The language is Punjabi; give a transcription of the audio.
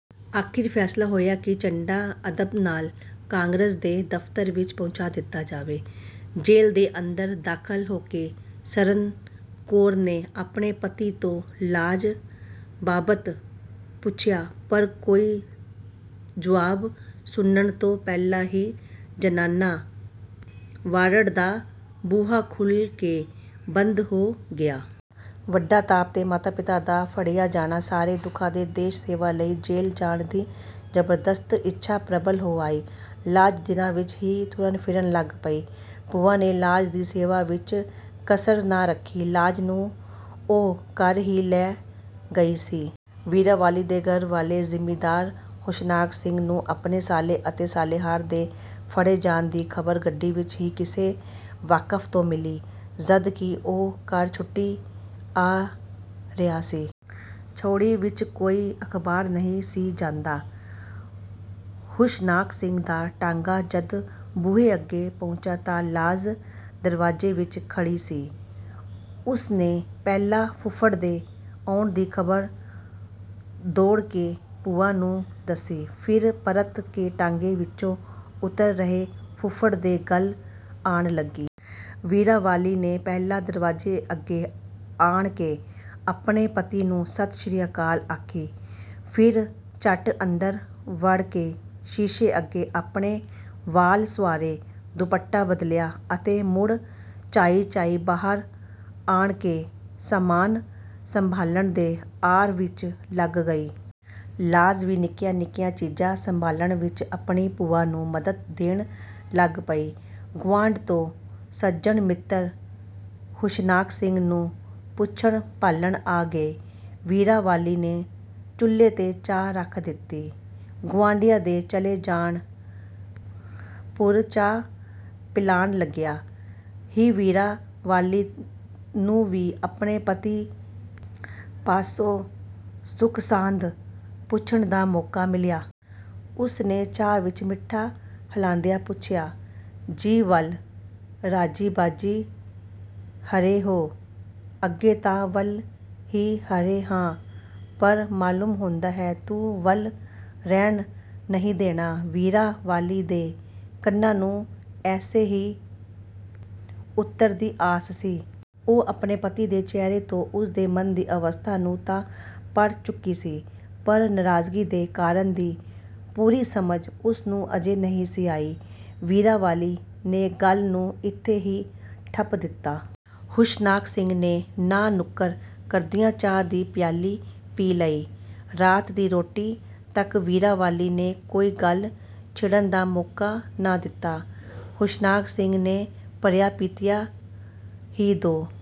ਅਖ਼ੀਰ ਫ਼ੈਸਲਾ ਹੋਇਆ ਕਿ ਝੰਡਾ ਅਦਬ ਨਾਲ ਕਾਂਗਰਸ ਦੇ ਦਫ਼ਤਰ ਵਿੱਚ ਪਹੁੰਚਾ ਦਿੱਤਾ ਜਾਵੇ। ਜੇਲ ਦੇ ਅੰਦਰ ਦਾਖ਼ਲ ਹੋ ਕੇ ਸਰਨ ਕੌਰ ਨੇ ਆਪਣੇ ਪਤੀ ਤੋਂ ਲਾਜ ਬਾਬਤ ਪੁਛਿਆ, ਪਰ ਕੋਈ ਜੁਆਬ ਸੁਣਨ ਤੋਂ ਪਹਿਲਾਂ ਹੀ ਜ਼ਨਾਨਾ ਵਾਰਡ ਦਾ ਬੂਹਾ ਖੁਲ੍ਹ ਕੇ ਬੰਦ ਹੋ ਗਿਆ। ਵੱਡਾ ਤਾਪ ਤੇ ਮਾਤਾ-ਪਿਤਾ ਦਾ ਫੜਿਆ ਜਾਣਾ, ਸਾਰੇ ਦੁਖਾਂ ਤੇ ਦੇਸ਼-ਸੇਵਾ ਲਈ ਜੇਲ ਜਾਣ ਦੀ ਜ਼ਬਰਦਸਤ ਇੱਛਾ ਪ੍ਰਬਲ ਹੋ ਆਈ। ਲਾਜ ਦਿਨਾਂ ਵਿੱਚ ਹੀ ਤੁਰਨ ਫਿਰਨ ਲਗ ਪਈ। ਭੂਆ ਨੇ ਲਾਜ ਦੀ ਸੇਵਾ ਵਿੱਚ ਕਸਰ ਨਾ ਰੱਖੀ, ਲਾਜ ਨੂੰ ਉਹ ਘਰ ਹੀ ਲੈ ਗਈ ਸੀ। ਵੀਰਾਂ ਵਾਲੀ ਦੇ ਘਰ ਵਾਲੇ ਜ਼ਿਮੀਦਾਰ ਹੁਸ਼ਨਾਕ ਸਿੰਘ ਨੂੰ ਆਪਣੇ ਸਾਲੇ ਅਤੇ ਸਾਲੇਹਾਰ ਦੇ ਫੜੇ ਜਾਣ ਦੀ ਖ਼ਬਰ ਗੱਡੀ ਵਿੱਚ ਹੀ ਕਿਸੇ ਵਾਕਫ਼ ਤੋਂ ਮਿਲੀ, ਜਦ ਕਿ ਉਹ ਘਰ ਛੁੱਟੀ ਆ ਰਿਹਾ ਸੀ। ਛਾਉਣੀ ਵਿੱਚ ਕੋਈ ਅਖ਼ਬਾਰ ਨਹੀਂ ਸੀ ਜਾਂਦਾ। ਹੁਸ਼ਨਾਕ ਸਿੰਘ ਦਾ ਟਾਂਗਾ ਜਦ ਬੂਹੇ ਅੱਗੇ ਪੁੱਜਾ ਤਾਂ ਲਾਜ ਦਰਵਾਜ਼ੇ ਵਿੱਚ ਖੜ੍ਹੀ ਸੀ। ਉਸ ਨੇ ਪਹਿਲਾਂ ਫੁੱਫੜ ਦੇ ਆਉਣ ਦੀ ਖ਼ਬਰ ਦੌੜ ਕੇ ਭੂਆ ਨੂੰ ਦੱਸੀ, ਫਿਰ ਪਰਤ ਕੇ ਟਾਂਗੇ ਵਿਚੋਂ ਉਤਰ ਰਹੇ ਫੁੱਫੜ ਦੇ ਗਲ ਆਣ ਲੱਗੀ। ਵੀਰਾਂ ਵਾਲੀ ਨੇ ਪਹਿਲਾਂ ਦਰਵਾਜ਼ੇ ਅਗੇ ਆਣ ਕੇ ਆਪਣੇ ਪਤੀ ਨੂੰ ਸਤਿ ਸ੍ਰੀ ਅਕਾਲ ਆਖੀ, ਫਿਰ ਝਟ ਅੰਦਰ ਵੜ ਕੇ ਸ਼ੀਸ਼ੇ ਅੱਗੇ ਆਪਣੇ ਵਾਲ ਸੁਆਰੇ, ਦੁਪੱਟਾ ਬਦਲਿਆ ਅਤੇ ਮੁੜ ਚਾਈਂ-ਚਾਈਂ ਬਾਹਰ ਆਣ ਕੇ ਸਾਮਾਨ ਸੰਭਾਲਣ ਦੇ ਆਰ ਵਿੱਚ ਲਗ ਗਈ। ਲਾਜ ਵੀ ਨਿੱਕੀਆਂ-ਨਿੱਕੀਆਂ ਚੀਜ਼ਾਂ ਸੰਭਾਲਣ ਵਿੱਚ ਆਪਣੀ ਭੂਆ ਨੂੰ ਮਦਦ ਦੇਣ ਲੱਗ ਪਈ। ਗੁਆਂਢ ਤੋਂ ਸੱਜਣ ਮਿੱਤਰ ਹੁਸ਼ਨਾਕ ਸਿੰਘ ਨੂੰ ਪੁੱਛਣ ਭਾਲਣ ਆ ਗਏ। ਵੀਰਾਂ ਵਾਲੀ ਨੇ ਚੁੱਲ੍ਹੇ ਤੇ ਚਾਹ ਰਖ ਦਿੱਤੀ। ਗੁਆਂਢੀਆਂ ਦੇ ਚਲੇ ਜਾਣ ਪੁਰ ਚਾਹ ਪਿਲਾਣ ਲਗਿਆਂ ਹੀ ਵੀਰਾਂ ਵਾਲੀ ਨੂੰ ਵੀ ਆਪਣੇ ਪਤੀ ਪਾਸੋਂ ਸੁੱਖ-ਸਾਂਦ ਪੁੱਛਣ ਦਾ ਮੌਕਾ ਮਿਲਿਆ। ਉਸ ਨੇ ਚਾਹ ਵਿੱਚ ਮਿਠਾ ਰਲਾਂਦਿਆਂ ਪੁਛਿਆ: ਜੀ ਵਲ ਰਾਜ਼ੀ ਬਾਜ਼ੀ ਹਰੇ ਹੋ? "ਅੱਗੇ ਤਾਂ ਵੱਲ ਹੀ ਹਰੇ ਹਾਂ ਪਰ ਮਾਲੂਮ ਹੁੰਦਾ ਹੈ ਤੂੰ ਵੱਲ ਰਹਿਣ ਨਹੀਂ ਦੇਣਾ"। ਵੀਰਾਂ ਵਾਲੀ ਦੇ ਕੰਨਾਂ ਨੂੰ ਐਸੇ ਹੀ ਉਤਰ ਦੀ ਆਸ ਸੀ। ਉਹ ਆਪਣੇ ਪਤੀ ਦੇ ਚਿਹਰੇ ਤੋਂ ਉਸ ਦੇ ਮਨ ਦੀ ਅਵਸਥਾ ਨੂੰ ਤਾਂ ਪੜ੍ਹ ਚੁਕੀ ਸੀ, ਪਰ ਨਰਾਜ਼ਗੀ ਦੇ ਕਾਰਨ ਦੀ ਪੂਰੀ ਸਮਝ ਉਸ ਨੂੰ ਅਜੇ ਨਹੀਂ ਸੀ ਆਈ। ਵੀਰਾਂ ਵਾਲੀ ਨੇ ਗੱਲ ਨੂੰ ਇੱਥੇ ਹੀ ਠੱਪ ਦਿੱਤਾ। ਹੁਸ਼ਨਾਕ ਸਿੰਘ ਨੇ ਨਾਂਹ-ਨੁਕਰ ਕਰਦਿਆਂ ਚਾਹ ਦੀ ਪਿਆਲੀ ਪੀ ਲਈ। ਰਾਤ ਦੀ ਰੋਟੀ ਤੱਕ ਵੀਰਾਂ ਵਾਲੀ ਨੇ ਕੋਈ ਗੱਲ ਛਿੜਨ ਦਾ ਮੌਕਾ ਨਾ ਦਿੱਤਾ। ਹੁਸ਼ਨਾਕ ਸਿੰਘ ਨੇ ਭਰਿਆਂ ਪੀਤਿਆਂ ਹੀ ਦੋ